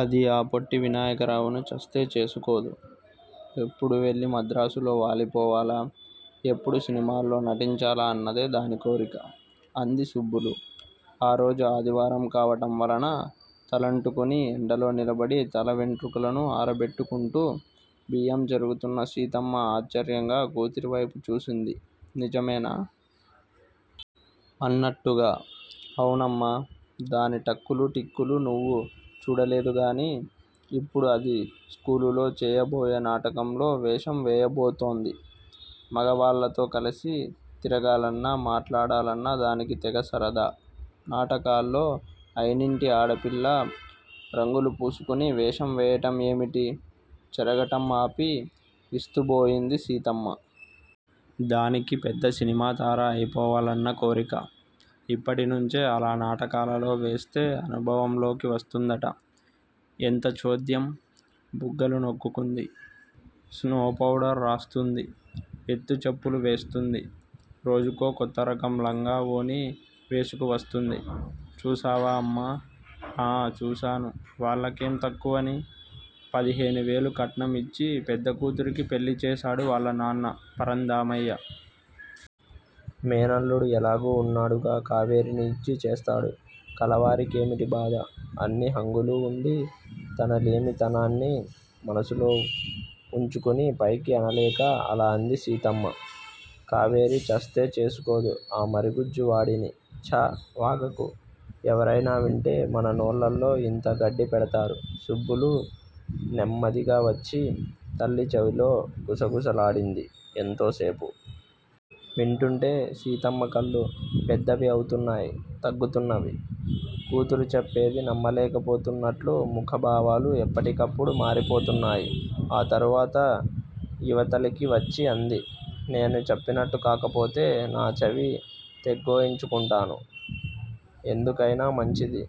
అది ఆ పొట్టి వినాయకరావుని చస్తే చేసుకోదు! ఎప్పుడువెళ్ళి మద్రాసులో వాలిపోవాలా? ఎప్పుడు సినిమాల్లో నటించాలా అన్నదే దాని కోరిక! అంది సుబ్బులు! ఆరోజు ఆదివారం కావటం వలన తలంటుకుని ఎండలో నిలబడి తలవెంట్రుకలను ఆరబెట్టుకుంటూ. బియ్యం చెరుగుతున్న సీతమ్మ ఆశ్చర్యంగా కూతురివైపు చూసింది నిజమేనా? అన్నట్టుగా! అవునమ్మా! దాని టక్కులు టిక్కులు నువ్వు చూడలేదుగానీ! ఇప్పుడు అది స్కూలులో చెయబోయే నాటకంలో వేషం వేయబోతోంది. మగవాళ్ళతో కలిసి తిరగాలన్నా మాట్లాడాలన్నా దానికి తెగ సరదా! నాటకాల్లో అయినింటి ఆడపిల్ల రంగులు పూసుకుని వేషం వేయటం ఏమిటి? చెరగటం ఆపి విస్తుబోయింది సీతమ్మ. దానికి పెద్ద సినిమాతార అయిపోవాలన్న కోరిక! ఇప్పటినుంచే అలా నాటకాలలో వేస్తే అనుభవంలోకి వస్తుందట! ఎంత చోద్యం! బుగ్గలు నొక్కుకుంది. స్నో, పౌడర్ రాస్తుంది ఎత్తుచేప్పులు వేస్తుంది రోజుకో కొత్తరకం లంగా, ఓణీ వేసుకువస్తుంది చూశావా అమ్మా! ఆఁచూశాను! వాళ్లకేం తక్కువని? పదిహేనువేలు కట్నం యిచ్చి పెద్దకూతురికి పెళ్ళిచేశాడు వాళ్ళనాన్న పరంధామయ్య! మేనల్లుడు ఎలాగూ వున్నాడుగా! కావేరీని యిచ్చి చేస్తాడు! కలవారికేమిటి బాధ? అన్ని హంగులూవుండి! తన లేమితనాన్ని మనసులో వుంచుకుని పైకి అనలేక అలాఅంది సీతమ్మ. కావేరి చస్తే చేసుకోదు ఆ మరుగుజ్జువాడిని. ఛా! వాగకు! ఎవరయినా వింటే మన నోళ్ళల్లో యింత గడ్డిపెడతారు. సుబ్బులు నెమ్మదిగావచ్చి తల్లి చెవిలో గుసగుసలాడింది ఎంతో సేపు! వింటుంటే సీతమ్మ కళ్ళు పెద్దవి అవుతున్నాయి తగ్గుతున్నవి! కూతురు చెప్పేది నమ్మలేకపోతున్నట్లు ముఖభావాలు ఎప్పటికప్పుడు మారిపోతున్నాయి. ఆ తరువాత యివతలికి వచ్చిఅంది. నేను చెప్పినట్టుకాకపోతే నా చెవి తెగ్గోయించుకుంటాను. ఎందుకయినా మంచిది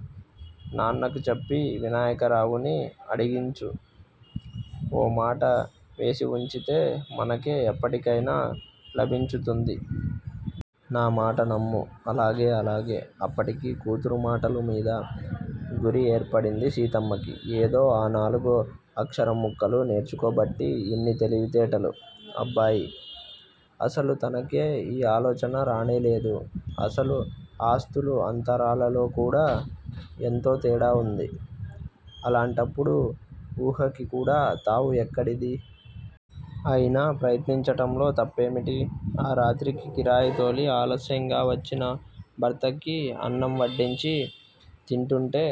నాన్నకి చెప్పి వినాయకరావుని అడిగించు! ఓ మాట వేసివుంచితే మనకే ఎప్పటికయినా లాభించుతుంది. నా మాట నమ్ము! అలాగే! అలాగే! అప్పటికి కూతురుమాటలు మీద గురిఏర్పడింది సీతమ్మకి! ఏదో ఆ నాలుగు అక్షరం ముక్కలు నేర్చుకోబట్టి యిన్ని తెలివితేటలు అబ్బాయి! అసలు తనకే ఈ ఆలోచన రానేలేదు! అసలు ఆస్తులు అంతరాలలోకూడా ఎంతోతేడా వుంది. అలాంటప్పుడు ఊహకికూడా తావు ఎక్కడిది? అయినా ప్రయత్నించటంలో తప్పేమిటి? ఆ రాత్రికి కిరాయితోలి ఆలస్యంగా వచ్చిన భర్తకి అన్నంవడ్డించి తింటుంటే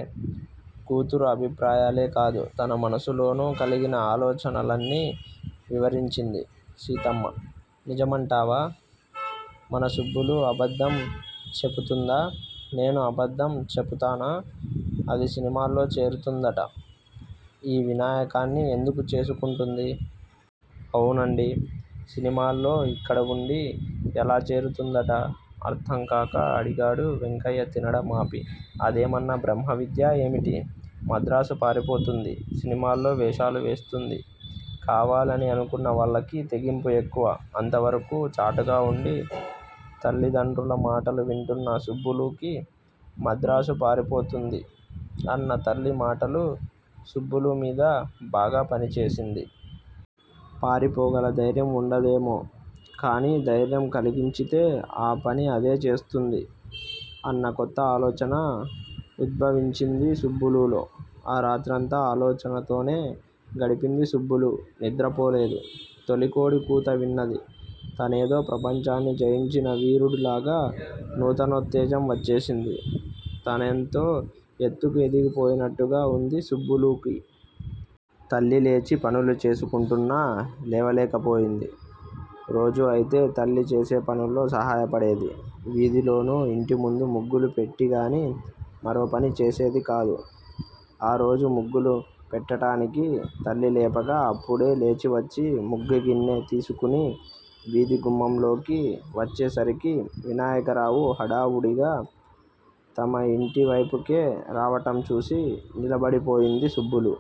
కూతురు అభిప్రాయాలేకాదు, తన మనసులోనూ కలిగిన ఆలోచనలన్నీ వివరించింది సీతమ్మ. నిజమంటావా? మన సుబ్బులు అబద్దం చెపుతుందా? నేను అబద్దం చెపుతానా? అది సినిమాల్లో చేరుతుందట! ఈ వినాయకాన్ని ఎందుకు చేసుకుంటుంది? అవునండీ! సినిమాల్లో యిక్కడవుండి ఎలా చేరుతుందట? అర్ధంకాక అడిగాడు వెంకయ్య తినడం ఆపి. అదేమన్నా బ్రహ్మ విద్యా ఏమిటి? మద్రాసు పారిపోతుంది సినిమాల్లో వేషాలు వేస్తుంది. కావాలని అనుకున్న వాళ్ళకి తెగింపు ఎక్కువ! అంతవరకూ చాటుగావుండి తల్లిదండ్రుల మాటలు వింటున్న సుబ్బులుకి మద్రాసు పారిపోతుంది! అన్న తల్లి మాటలు సుబ్బులు మీద బాగా పనిచేసింది! పారిపోగల ధైర్యం వుండదేమో? కాని ధైర్యం కలిగించితే ఆ పనిఅదే చేస్తుంది! అన్న కొత్త ఆలోచన ఉద్భవించింది సుబ్బులులో. ఆ రాత్రంతా ఆలోచనలతోనే గడిపింది సుబ్బులు! నిద్రపోలేదు. తొలికోడి కూత విన్నది. తనేదో ప్రపంచాన్ని జయించిన వీరుడులాగా నూతనోత్తేజం వచ్చేసింది. తానెంతో ఎత్తుకు ఎదిగిపోయినట్టుగా వుంది సుబ్బులుకి! తల్లిలేచి పనులు చేసుకుంటున్నా లేవలేకపోయింది. రోజూ అయితే తల్లి చేసేపనుల్లో సహాయపడేది. వీధిలోనూ యింటిముందు ముగ్గులు పెట్టిగాని మరోపని చేసేది కాదు! ఆరోజు ముగ్గులు పెట్టటానికి తల్లి లేపగా అప్పుడే లేచివచ్చి ముగ్గుగిన్నె తీసుకుని వీధి గుమ్మంలోకి వచ్చేసరికి వినాయకరావు హడావుడిగా తమ యింటివైపుకే రావటం చూసి నిలబడిపోయింది సుబ్బులు.